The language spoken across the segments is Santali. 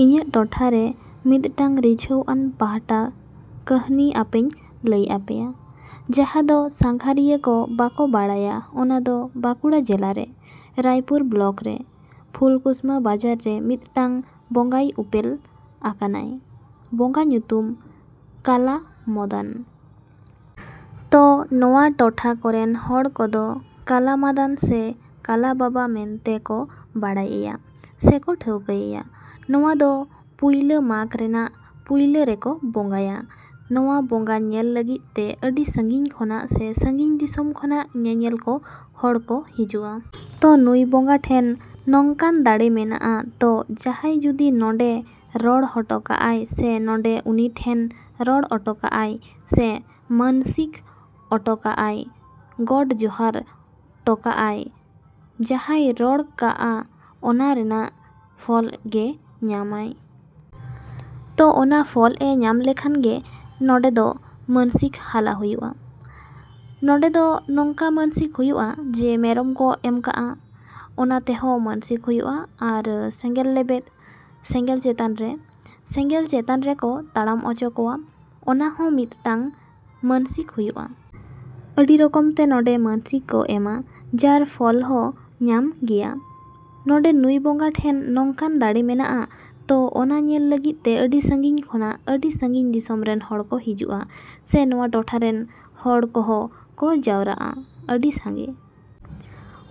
‎ᱤᱧᱟᱹᱜ ᱴᱚᱴᱷᱟ ᱨᱮ ᱢᱤᱫᱴᱟᱝ ᱨᱤᱡᱷᱟᱹᱣᱟᱱ ᱯᱟᱦᱴᱟ ᱠᱟᱹᱦᱱᱤ ᱟᱯᱮᱧ ᱞᱟᱹᱭ ᱟᱯᱮᱭᱟ, ᱡᱟᱦᱟᱸ ᱫᱚ ᱥᱟᱸᱜᱷᱟᱨᱤᱭᱟᱹ ᱠᱚ ᱵᱟᱠᱚ ᱵᱟᱲᱟᱭᱟ ᱚᱱᱟ ᱫᱚ ᱵᱟᱸᱠᱩᱲᱟ ᱡᱮᱞᱟ ᱨᱮ, ᱨᱟᱭᱯᱩᱨ ᱵᱞᱚᱠ ᱨᱮ, ᱯᱷᱩᱞᱠᱩᱥᱢᱟᱹ ᱵᱟᱡᱟᱨ ᱨᱮ ᱢᱤᱫᱴᱟᱹᱝ ᱵᱚᱸᱜᱟᱭ ᱩᱯᱮᱞ ᱟᱠᱟᱱᱟᱭ᱾ ᱵᱚᱸᱜᱟ ᱧᱩᱛᱩᱢ ᱠᱟᱞᱟ ᱢᱚᱫᱟᱱ᱾ ᱛᱚ ᱱᱚᱣᱟ ᱴᱚᱴᱷᱟ ᱠᱚᱨᱮᱱ ᱦᱚᱲ ᱠᱚᱫᱚ ᱠᱟᱞᱟ ᱢᱟᱫᱟᱱ ᱥᱮ ᱠᱟᱞᱟ ᱵᱟᱵᱟ ᱢᱮᱱᱛᱮ ᱠᱚ ᱵᱟᱲᱟᱭᱮᱭᱟ ᱥᱮ ᱠᱚ ᱴᱷᱟᱹᱣᱠᱟᱹᱭᱟ᱾ ᱱᱚᱣᱟ ᱫᱚ ᱯᱩᱭᱞᱟᱹ ᱢᱟᱜᱽ ᱨᱮᱱᱟᱜ ᱯᱩᱭᱞᱟᱹ ᱨᱮᱠᱚ ᱵᱚᱸᱜᱟᱭᱟ ᱱᱚᱣᱟ ᱵᱚᱸᱜᱟ ᱧᱮᱞ ᱞᱟᱹᱜᱤᱫ ᱛᱮ ᱟᱹᱰᱤ ᱥᱟᱺᱜᱤᱧ ᱠᱷᱚᱱᱟᱜ ᱥᱮ ᱥᱟᱺᱜᱤᱧ ᱫᱤᱥᱚᱢ ᱠᱷᱚᱱᱟᱜ ᱧᱮᱧᱮᱞ ᱠᱚ ᱦᱚᱲ ᱠᱚ ᱦᱤᱡᱩᱜᱼᱟ᱾ ᱛᱚ ᱱᱩᱭ ᱵᱚᱸᱜᱟ ᱴᱷᱮᱱ ᱱᱚᱝᱠᱟᱱ ᱫᱟᱲᱮ ᱢᱮᱱᱟᱜᱼᱟ ᱛᱚ ᱡᱟᱦᱟᱸᱭ ᱡᱩᱫᱤ ᱱᱚᱸᱰᱮ ᱨᱚᱲ ᱦᱚᱴᱚ ᱠᱟᱜᱼᱟᱭ ᱥᱮ ᱱᱚᱸᱰᱮ ᱩᱱᱤ ᱴᱷᱮᱱ ᱨᱚᱲ ᱚᱴᱚᱠᱟᱜᱼᱟᱭ ᱥᱮ ᱢᱟᱹᱱᱥᱤᱠ ᱚᱴᱚᱠᱟᱜᱼᱟᱭ, ᱜᱚᱰ ᱡᱚᱦᱟᱨ ᱴᱚᱠᱟᱜᱼᱟᱭ, ᱡᱟᱦᱟᱸᱭ ᱨᱚᱲ ᱠᱟᱜᱼᱟ ᱚᱱᱟ ᱨᱮᱱᱟᱜ ᱯᱷᱚᱞ ᱜᱮ ᱧᱟᱢᱟᱭ᱾ ᱛᱚ ᱚᱱᱟ ᱯᱷᱚᱞ ᱮ ᱧᱟᱢ ᱞᱮᱠᱷᱟᱱ ᱜᱮ ᱱᱚᱸᱰᱮ ᱫᱚ ᱢᱟᱹᱱᱥᱤᱠ ᱦᱟᱞᱟ ᱦᱩᱭᱩᱜᱼᱟ᱾ ᱱᱚᱸᱰᱮ ᱫᱚ ᱱᱚᱝᱠᱟ ᱢᱟᱹᱱᱥᱤᱠ ᱦᱩᱭᱩᱜᱼᱟ ᱡᱮ ᱢᱮᱨᱚᱢ ᱠᱚ ᱮᱢ ᱠᱟᱜᱼᱟ, ᱚᱱᱟ ᱛᱮᱦᱚᱸ ᱢᱟᱹᱱᱥᱤᱠ ᱦᱩᱭᱩᱜᱼᱟ ᱟᱨ ᱥᱮᱸᱜᱮᱞ ᱞᱮᱵᱮᱫ, ᱥᱮᱸᱜᱮᱞ ᱪᱮᱛᱟᱱ ᱨᱮ, ᱥᱮᱸᱜᱮᱞ ᱪᱮᱛᱟᱱ ᱨᱮᱠᱚ ᱛᱟᱲᱟᱢ ᱚᱪᱚ ᱠᱚᱣᱟ, ᱚᱱᱟ ᱦᱚᱸ ᱢᱤᱫᱴᱟᱹᱝ ᱢᱟᱹᱱᱥᱤᱠ ᱦᱩᱭᱩᱜᱼᱟ᱾ ᱟᱹᱰᱤ ᱨᱚᱠᱚᱢ ᱛᱮ ᱱᱚᱸᱰᱮ ᱢᱟᱹᱱᱥᱤᱠ ᱠᱚ ᱮᱢᱟ ᱡᱟᱨ ᱯᱷᱚᱞ ᱦᱚᱸ ᱠᱚ ᱧᱟᱢ ᱜᱮᱭᱟ᱾ ᱱᱚᱸᱰᱮ ᱱᱩᱭ ᱵᱚᱸᱜᱟ ᱴᱷᱮᱱ ᱱᱚᱝᱠᱟᱱ ᱫᱟᱲᱮ ᱢᱮᱱᱟᱜᱼᱟ ᱛᱚ ᱚᱱᱟ ᱧᱮᱞ ᱞᱟᱹᱜᱤᱫ ᱛᱮ ᱟᱹᱰᱤ ᱥᱟᱺᱜᱤᱧ ᱠᱷᱚᱱᱟᱜ ᱟᱹᱰᱤ ᱥᱟᱺᱜᱤᱧ ᱫᱤᱥᱚᱢ ᱨᱮᱱ ᱦᱚᱲ ᱠᱚ ᱦᱤᱡᱩᱜᱼᱟ ᱥᱮ ᱱᱚᱣᱟ ᱴᱚᱴᱷᱟ ᱨᱮᱱ ᱦᱚᱲ ᱠᱚᱦᱚᱸ ᱠᱚ ᱡᱟᱣᱨᱟᱜᱼᱟ ᱟᱹᱰᱤ ᱥᱟᱸᱜᱮ᱾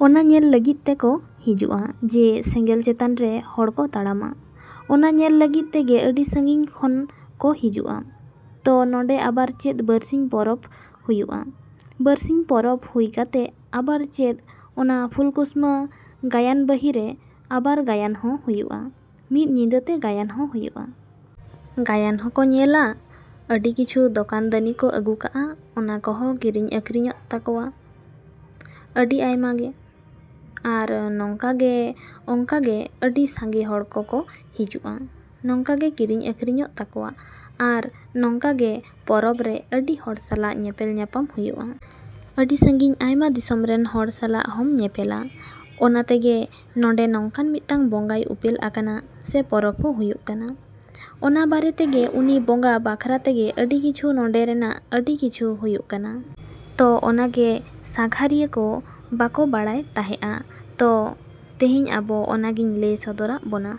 ᱚᱱᱟ ᱧᱮᱞ ᱞᱟᱹᱜᱤᱫ ᱛᱮ ᱠᱚ ᱦᱤᱡᱩᱜᱼᱟ ᱡᱮ ᱥᱮᱸᱜᱮᱞ ᱪᱮᱛᱟᱱ ᱨᱮ ᱦᱚᱲ ᱠᱚ ᱛᱟᱲᱟᱢᱟ, ᱚᱱᱟ ᱧᱮᱞ ᱞᱟᱹᱜᱤᱫ ᱛᱮᱜᱮ ᱟᱹᱰᱤ ᱥᱟᱺᱜᱤᱧ ᱠᱷᱚᱱ ᱠᱚ ᱦᱤᱡᱩᱜᱼᱟ᱾ ᱛᱚ ᱱᱚᱸᱰᱮ ᱟᱵᱟᱨ ᱪᱮᱫ ᱵᱟᱹᱨᱥᱤᱧ ᱯᱚᱨᱚᱵᱽ ᱦᱩᱭᱩᱜᱼᱟ᱾ ᱵᱟᱹᱨᱥᱤᱧ ᱯᱚᱨᱚᱵᱽ ᱦᱩᱭ ᱠᱟᱛᱮᱜ ᱟᱵᱟᱨ ᱪᱮᱫ ᱚᱱᱟ ᱯᱷᱩᱞᱠᱩᱥᱢᱟᱹ ᱜᱟᱭᱟᱱ ᱵᱟᱹᱦᱤ ᱨᱮ ᱟᱵᱟᱨ ᱜᱟᱭᱟᱱ ᱦᱚᱸ ᱦᱩᱭᱩᱜᱼᱟ, ᱢᱤᱫ ᱧᱤᱫᱟᱹ ᱛᱮ ᱜᱟᱭᱟᱱ ᱦᱚᱸ ᱦᱩᱭᱩᱜᱼᱟ᱾ ᱜᱟᱭᱟᱱ ᱦᱚᱸ ᱠᱚ ᱧᱮᱞᱟ᱾ ᱟᱹᱰᱤ ᱠᱤᱪᱷᱩ ᱫᱚᱠᱟᱱ ᱫᱟᱹᱱᱤ ᱠᱚ ᱟᱹᱜᱩ ᱠᱟᱜᱼᱟ, ᱚᱱᱟ ᱠᱚᱦᱚᱸ ᱠᱤᱨᱤᱧ ᱟᱹᱠᱷᱨᱤᱧᱚᱜ ᱛᱟᱠᱚᱣᱟ ᱟᱹᱰᱤ ᱟᱭᱢᱟ ᱜᱮ᱾ ᱟᱨ ᱱᱚᱝᱠᱟ ᱜᱮ ᱚᱝᱠᱟ ᱜᱮ ᱟᱹᱰᱤ ᱥᱟᱸᱜᱮ ᱦᱚᱲ ᱠᱚ ᱠᱚ ᱦᱤᱡᱩᱜᱼᱟ, ᱱᱚᱝᱠᱟ ᱜᱮ ᱠᱤᱨᱤᱧ ᱟᱠᱷᱨᱤᱧᱚᱜ ᱛᱟᱠᱚᱣᱟ ᱟᱨ ᱱᱚᱝᱠᱟ ᱜᱮ ᱯᱚᱨᱚᱵᱽ ᱨᱮ ᱟᱹᱰᱤ ᱦᱚᱲ ᱥᱟᱞᱟᱜ ᱧᱮᱯᱮᱞ ᱧᱟᱸᱯᱟᱢ ᱦᱩᱭᱩᱜᱼᱟ᱾ ᱟᱹᱰᱤ ᱥᱟᱺᱜᱤᱧ ᱟᱭᱢᱟ ᱫᱤᱥᱚᱢ ᱨᱮᱱ ᱦᱚᱲ ᱥᱟᱞᱟᱜ ᱦᱚᱢ ᱧᱮᱯᱮᱞᱟ᱾ ᱚᱱᱟᱛᱮᱜᱮ ᱱᱚᱸᱰᱮ ᱱᱚᱝᱠᱟᱱ ᱢᱤᱫᱴᱟᱹᱝ ᱵᱚᱸᱜᱟᱭ ᱩᱯᱮᱞ ᱟᱠᱟᱱᱟ ᱥᱮ ᱯᱚᱨᱚᱵᱽ ᱦᱚᱸ ᱦᱩᱭᱩᱜ ᱠᱟᱱᱟ᱾ ᱚᱱᱟ ᱵᱟᱨᱮ ᱛᱮᱜᱮ ᱩᱱᱤ ᱵᱚᱸᱜᱟ ᱵᱟᱠᱷᱨᱟ ᱛᱮᱜᱮ ᱟᱹᱰᱤ ᱠᱤᱪᱷᱩ ᱱᱚᱸᱰᱮ ᱨᱮᱱᱟᱜ ᱟᱹᱰᱤ ᱠᱤᱪᱷᱩ ᱦᱩᱭᱩᱜ ᱠᱟᱱᱟ᱾ ᱛᱚ ᱚᱱᱟ ᱜᱮ ᱥᱟᱸᱜᱷᱟᱨᱤᱭᱟᱹ ᱠᱚ ᱵᱟᱠᱚ ᱵᱟᱲᱟᱭ ᱛᱟᱦᱮᱸᱜᱼᱟ᱾ ᱛᱚ ᱛᱮᱦᱮᱧ ᱟᱵᱚ ᱚᱱᱟ ᱜᱤᱧ ᱞᱟᱹᱭ ᱥᱚᱫᱚᱨᱟᱜ ᱵᱚᱱᱟ।